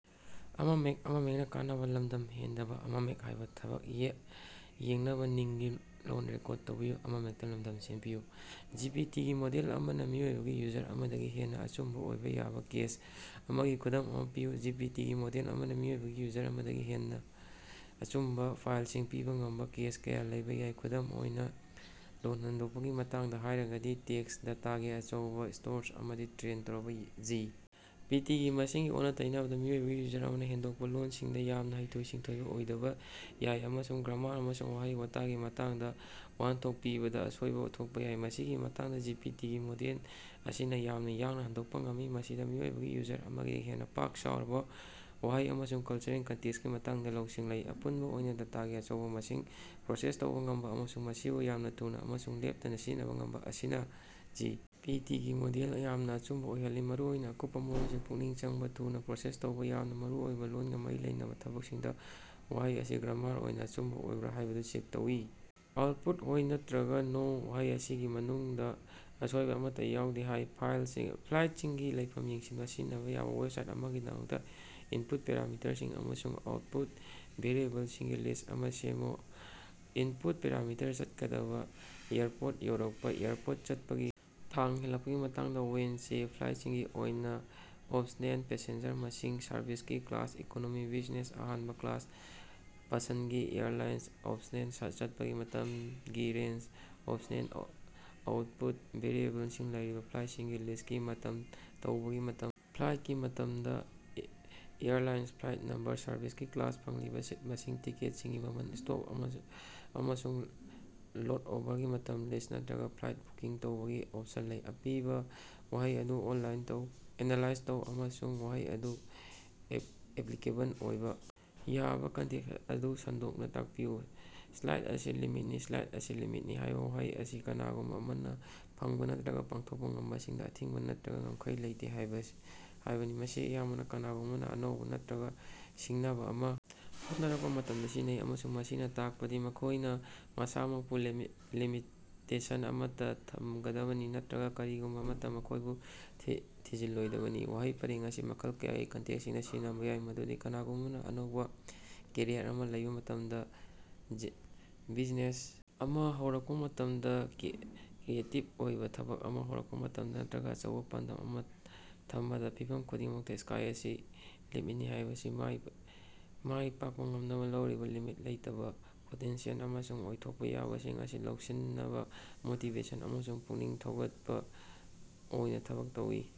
G. P. T. ꯒꯤ model ꯑꯃꯅ ꯃꯤꯑꯣꯏꯕꯒꯤ ꯌꯨꯖꯔ ꯑꯃꯗꯒꯤ ꯍꯦꯟꯅꯥ ꯑꯆꯨꯝꯕ ꯑꯣꯏꯕ ꯌꯥꯕ ꯀꯦꯁ ꯑꯃꯒꯤ ꯈꯨꯗꯝ ꯑꯃ ꯄꯤꯌꯨ꯫ ꯖꯤ. ꯄꯤ. ꯇꯤ. ꯒꯤ ꯃꯣꯗꯦꯜ ꯑꯃꯅ ꯃꯤꯑꯣꯏꯕꯒꯤ ꯌꯨꯖꯔ ꯑꯃꯗꯒꯤ ꯍꯦꯟꯅ ꯑꯆꯨꯝꯕꯥ ꯐꯥꯏꯂꯁꯤꯡ ꯄꯤꯕ ꯉꯝꯕꯥ ꯀꯦꯁ ꯀꯌꯥ ꯂꯩꯕ ꯌꯥꯏ꯫ ꯈꯨꯗꯝ ꯑꯣꯏꯅ, ꯂꯣꯜ ꯍꯟꯗꯣꯛꯄꯒꯤ ꯃꯇꯥꯡꯗ ꯍꯥꯏꯔꯒꯗꯤ, ꯇꯦꯛꯁ ꯗꯇꯥꯒꯤ ꯑꯆꯧꯕ ꯀꯣꯔꯁ ꯑꯃꯗꯤ ꯇ꯭ꯔꯦꯟ ꯇꯧꯔꯕ ꯖꯤ. ꯄꯤ. ꯇꯤ. ꯃꯁꯤꯒꯤ ꯑꯣꯟꯅ-ꯇꯩꯅꯕꯗ, ꯃꯤꯑꯣꯏꯕꯒꯤ ꯌꯨꯖꯔ ꯑꯃꯅ ꯍꯟꯗꯣꯛꯄꯥ ꯂꯣꯜꯁꯤꯡꯗ ꯌꯥꯝꯅ ꯍꯩꯊꯣꯏ-ꯁꯤꯡꯊꯣꯏꯕ ꯑꯣꯏꯗꯕ ꯌꯥꯏ ꯑꯃꯁꯨꯡ ꯒ꯭ꯔꯃꯥꯔ ꯑꯃꯁꯨꯡ ꯋꯥꯍꯩ ꯋꯥꯇꯒꯤ ꯃꯇꯥꯡꯗ ꯋꯥꯍꯟꯊꯣꯛ ꯄꯤꯕꯗꯥ ꯑꯁꯣꯏꯕꯥ ꯊꯣꯛꯄꯥ ꯌꯥꯏ꯫ ꯃꯁꯤꯒꯤ ꯃꯊꯛꯇꯥ, ꯖꯤ. ꯄꯤ. ꯇꯤ. ꯒꯤ ꯃꯣꯗꯦꯜ ꯑꯁꯤꯅ ꯌꯥꯝꯅ ꯌꯥꯡꯅ ꯍꯟꯗꯣꯛꯄ ꯉꯝꯃꯤ, ꯃꯁꯤꯗ ꯃꯤꯑꯣꯏꯕꯒꯤ ꯌꯨꯖꯔ ꯑꯃꯗꯒꯤ ꯍꯦꯟꯅꯥ ꯄꯥꯛ ꯆꯥꯎꯔꯕ ꯋꯥꯍꯩ ꯑꯃꯁꯨꯡ ꯀꯜꯆꯔꯦꯜ ꯀꯟꯇꯦꯛꯁꯀꯤ ꯃꯇꯥꯡꯗ ꯂꯧꯁꯤꯡ ꯂꯩ꯫ ꯑꯄꯨꯟꯕꯥ ꯑꯣꯏꯅ, ꯗꯇꯥꯒꯤ ꯑꯆꯧꯕ ꯃꯁꯤꯡ ꯄ꯭ꯔꯣꯁꯦꯁ ꯇꯧꯕ ꯉꯝꯕꯥ, ꯑꯃꯁꯨꯡ ꯃꯁꯤꯕꯨ ꯌꯥꯝꯅ ꯊꯨꯅꯥ ꯑꯃꯁꯨꯡ ꯂꯦꯞꯇꯅꯥ ꯁꯤꯖꯤꯟꯅꯕꯥ ꯉꯝꯕꯥ ꯑꯁꯤꯅ ꯖꯤ. ꯄꯤ. ꯇꯤ. ꯒꯤ ꯃꯣꯗꯦꯜ ꯑꯃ ꯌꯥꯝꯅ ꯑꯆꯨꯝꯕꯥ ꯑꯣꯏꯍꯜꯂꯤ, ꯃꯔꯨꯑꯣꯏꯅ ꯑꯀꯨꯞꯄꯥ ꯃꯔꯣꯜꯁꯤꯡꯗ ꯄꯨꯛꯅꯤꯡ ꯆꯪꯕ ꯑꯃꯁꯨꯡ ꯊꯨꯅ ꯄ꯭ꯔꯣꯁꯦꯁ ꯇꯧꯕ ꯌꯥꯝꯅ ꯃꯔꯨ ꯑꯣꯏꯕ ꯂꯣꯟꯒꯥ ꯃꯔꯤ ꯂꯩꯅꯕ ꯊꯕꯛꯁꯤꯡꯗ꯫ ꯋꯥꯍꯩ ꯑꯁꯤ ꯒ꯭ꯔꯥꯃꯔ ꯑꯣꯏꯅ ꯑꯆꯨꯝꯕꯥ ꯑꯣꯏꯕ꯭ꯔꯥ ꯍꯥꯏꯕꯗꯨ ꯆꯦꯛ ꯇꯧ꯫ ꯑꯥꯎꯠꯄꯨꯠ ꯍꯣꯏ ꯅꯠꯇꯔꯒ ꯅꯣ꯫ ꯋꯥꯍꯩ ꯑꯁꯤꯒꯤ ꯃꯅꯨꯡꯗꯥ ꯑꯁꯣꯏꯕ ꯑꯃꯠꯇꯥ ꯌꯥꯎꯗꯦ꯫ ꯍꯥꯏ ꯐ꯭ꯂꯥꯏꯠꯁꯤꯡꯒꯤ ꯂꯩꯐꯝ ꯌꯦꯡꯁꯤꯟꯅꯕꯥ ꯁꯤꯖꯤꯟꯅꯕꯥ ꯌꯥꯕ ꯋꯦꯕꯁꯥꯏꯠ ꯑꯃꯒꯤꯗꯃꯛ ꯏꯟꯄꯨꯠ ꯄꯦꯔꯥꯃꯤꯇꯔꯁꯤꯡ ꯑꯃꯁꯨꯡ ꯑꯥꯎꯠꯄꯨꯠ ꯚꯦꯔꯤꯑꯦꯕꯜꯁꯤꯡꯒꯤ ꯂꯤꯁ ꯑꯃ ꯁꯦꯝꯃꯨ꯫ ꯏꯟꯄꯨꯠ ꯄꯦꯔꯥꯃꯤꯇꯔꯁꯤꯡ: ꯆꯠꯀꯗꯕꯥ ꯑꯦꯌꯔꯄꯣꯔꯠ ꯌꯧꯔꯛꯄꯥ ꯑꯦꯌꯔꯄꯣꯔꯠ ꯆꯠꯄꯒꯤ ꯇꯥꯡ ꯍꯜꯂꯛꯄꯒꯤ ꯇꯥꯡ (ꯋꯥꯟ ꯋꯦ ꯐ꯭ꯂꯥꯏꯠꯁꯤꯡꯒꯤ ꯑꯣꯏꯅ ꯑꯣꯞꯁꯅꯦꯜ) ꯄꯦꯁꯦꯟꯖꯔ ꯃꯁꯤꯡ ꯁꯔꯚꯤꯁꯀꯤ ꯀ꯭ꯂꯥꯁ (ꯏꯀꯣꯅꯣꯃꯤ, ꯕꯤꯖꯤꯅꯦꯁ, ꯑꯍꯥꯟꯕ ꯀ꯭ꯂꯥꯁ) ꯄꯁꯟꯗꯒꯤ ꯑꯦꯌꯔꯂꯥꯏꯟ (ꯑꯣꯞꯁꯅꯦꯜ) ꯆꯠꯄꯒꯤ ꯃꯇꯝꯒꯤ ꯔꯦꯟꯖ ( ꯑꯣꯞꯁꯅꯦꯜ) ꯑꯥꯎꯠꯄꯨꯠ ꯚꯦꯔꯤꯑꯦꯕꯜꯁꯤꯡ: ꯂꯩꯔꯤꯕ ꯐ꯭ꯂꯥꯏꯠꯁꯤꯡꯒꯤ ꯂꯤꯁ꯭ ꯆꯠꯄꯒꯤ ꯃꯇꯝ ꯇꯧꯕꯒꯤ ꯃꯇꯝ ꯐ꯭ꯂꯥꯏꯠꯀꯤ ꯃꯇꯝꯗ ꯑꯦꯌꯔꯂꯥꯏꯟ ꯐ꯭ꯂꯥꯏꯠ ꯅꯝꯕꯔ ꯁꯔꯚꯤꯁꯀꯤ ꯀ꯭ꯂꯥꯁ ꯐꯪꯂꯤꯕ ꯁꯤꯠ ꯃꯁꯤꯡ ꯇꯤꯀꯦꯠ(ꯁꯤꯡ)ꯒꯤ ꯃꯃꯜ ꯁ꯭ꯇꯣꯞ ꯑꯃꯁꯨꯡ ꯂꯦꯠꯑꯣꯚꯔꯒꯤ ꯃꯇꯝꯗ ꯂꯤꯁ ꯅꯠꯇꯔꯒ ꯐ꯭ꯂꯥꯏꯠ ꯕꯨꯀꯤꯡ ꯇꯧꯕꯒꯤ ꯑꯣꯞꯁꯟ ꯂꯩ꯫ ꯑꯄꯤꯕ ꯋꯥꯍꯩ ꯑꯗꯨ ꯑꯦꯅꯥꯂꯥꯏꯖ ꯇꯧ ꯑꯃꯁꯨꯡ ꯋꯥꯍꯩ ꯑꯗꯨ ꯑꯦꯄꯂꯤꯀꯦꯕꯜ ꯑꯣꯏꯕ ꯌꯥꯕ ꯀꯟꯇꯦꯛꯁ ꯑꯗꯨ ꯁꯟꯗꯣꯛꯅ ꯇꯥꯛꯄꯤꯌꯨ꯫ "ꯁ꯭ꯀꯥꯏ ꯑꯁꯤ ꯂꯤꯃꯤꯠꯅꯤ"꯫ "ꯁ꯭ꯀꯥꯏ ꯑꯁꯤ ꯂꯤꯃꯤꯠꯅꯤ" ꯍꯥꯏꯕ ꯋꯥꯍꯩ ꯑꯁꯤ ꯀꯅꯥꯒꯨꯝꯕ ꯑꯃꯅ ꯐꯪꯕ ꯅꯠꯇꯔꯒ ꯄꯥꯡꯊꯣꯛꯄ ꯉꯝꯕꯁꯤꯡꯗ ꯑꯊꯤꯡꯕ ꯅꯠꯇꯔꯒ ꯉꯝꯈꯩ ꯂꯩꯇꯦ ꯍꯥꯏꯕꯅꯤ꯫ ꯃꯁꯤ ꯑꯌꯥꯝꯕꯅ ꯀꯅꯥꯒꯨꯝꯕ ꯑꯃꯅ ꯑꯅꯧꯕ ꯅꯠꯇꯔꯒ ꯁꯤꯡꯅꯕ ꯑꯃ ꯍꯣꯠꯅꯔꯛꯄ ꯃꯇꯝꯗ ꯁꯤꯖꯤꯟꯅꯩ, ꯑꯃꯁꯨꯡ ꯃꯁꯤꯅ ꯇꯥꯛꯄꯗꯤ ꯃꯈꯣꯏꯅꯥ ꯃꯁꯥꯃꯛꯄꯨ ꯂꯤꯃꯤꯇꯦꯁꯟ ꯑꯃꯠꯇꯥ ꯊꯝꯒꯗꯕꯅꯤ ꯅꯠꯇꯔꯒꯥ ꯀꯔꯤꯒꯨꯝꯕ ꯑꯃꯠꯇꯅꯥ ꯃꯈꯣꯏꯕꯨ ꯊꯤꯡꯖꯤꯜꯂꯣꯏꯗꯕꯅꯤ꯫ ꯋꯥꯍꯩ ꯄꯔꯦꯡ ꯑꯁꯤ ꯃꯈꯜ ꯀꯌꯥꯒꯤ ꯀꯟꯇꯦꯛꯁꯁꯤꯡꯗ ꯁꯤꯖꯤꯟꯅꯕ ꯌꯥꯏ, ꯃꯗꯨꯗꯤ ꯀꯅꯥꯒꯨꯝꯕ ꯑꯃꯅ ꯑꯅꯧꯕ ꯀꯦꯔꯤꯌꯔ ꯑꯃ ꯂꯧꯕ ꯃꯇꯝꯗꯥ, ꯕꯤꯖꯤꯅꯦꯁ ꯑꯃ ꯍꯧꯔꯛꯄ ꯃꯇꯝꯗ, ꯀ꯭ꯔꯤꯌꯦꯇꯤꯕ ꯑꯣꯏꯕ ꯊꯕꯛ ꯑꯃ ꯍꯧꯔꯛꯄꯥ ꯃꯇꯝꯗ ꯅꯠꯇꯔꯒ ꯑꯆꯧꯕ ꯄꯥꯟꯗꯝ ꯑꯃꯥ ꯊꯝꯕꯗꯥ꯫ ꯐꯤꯚꯝ ꯈꯨꯗꯤꯡꯃꯛꯇꯥ "ꯁ꯭ꯀꯥꯏ ꯑꯁꯤ ꯂꯤꯃꯤꯠꯅꯤ" ꯍꯥꯌꯕꯁꯤꯅꯥ ꯃꯥꯏ ꯄꯥꯀꯄꯥ ꯉꯝꯅꯕꯥ ꯂꯩꯔꯤꯕꯥ ꯂꯤꯃꯤꯠ ꯂꯩꯇꯕ ꯄꯣꯇꯦꯟꯁꯤꯌꯦꯜ ꯑꯃꯁꯨꯡ ꯑꯣꯏꯊꯣꯛꯄ ꯌꯥꯕꯁꯤꯡ ꯑꯁꯤ ꯂꯧꯁꯤꯟꯅꯕ ꯃꯣꯇꯤꯕꯦꯁꯟ ꯑꯃꯁꯨꯡ ꯄꯨꯛꯅꯤꯡ ꯊꯧꯒꯠꯄ ꯑꯣꯏꯅ ꯊꯕꯛ ꯇꯧꯏ꯫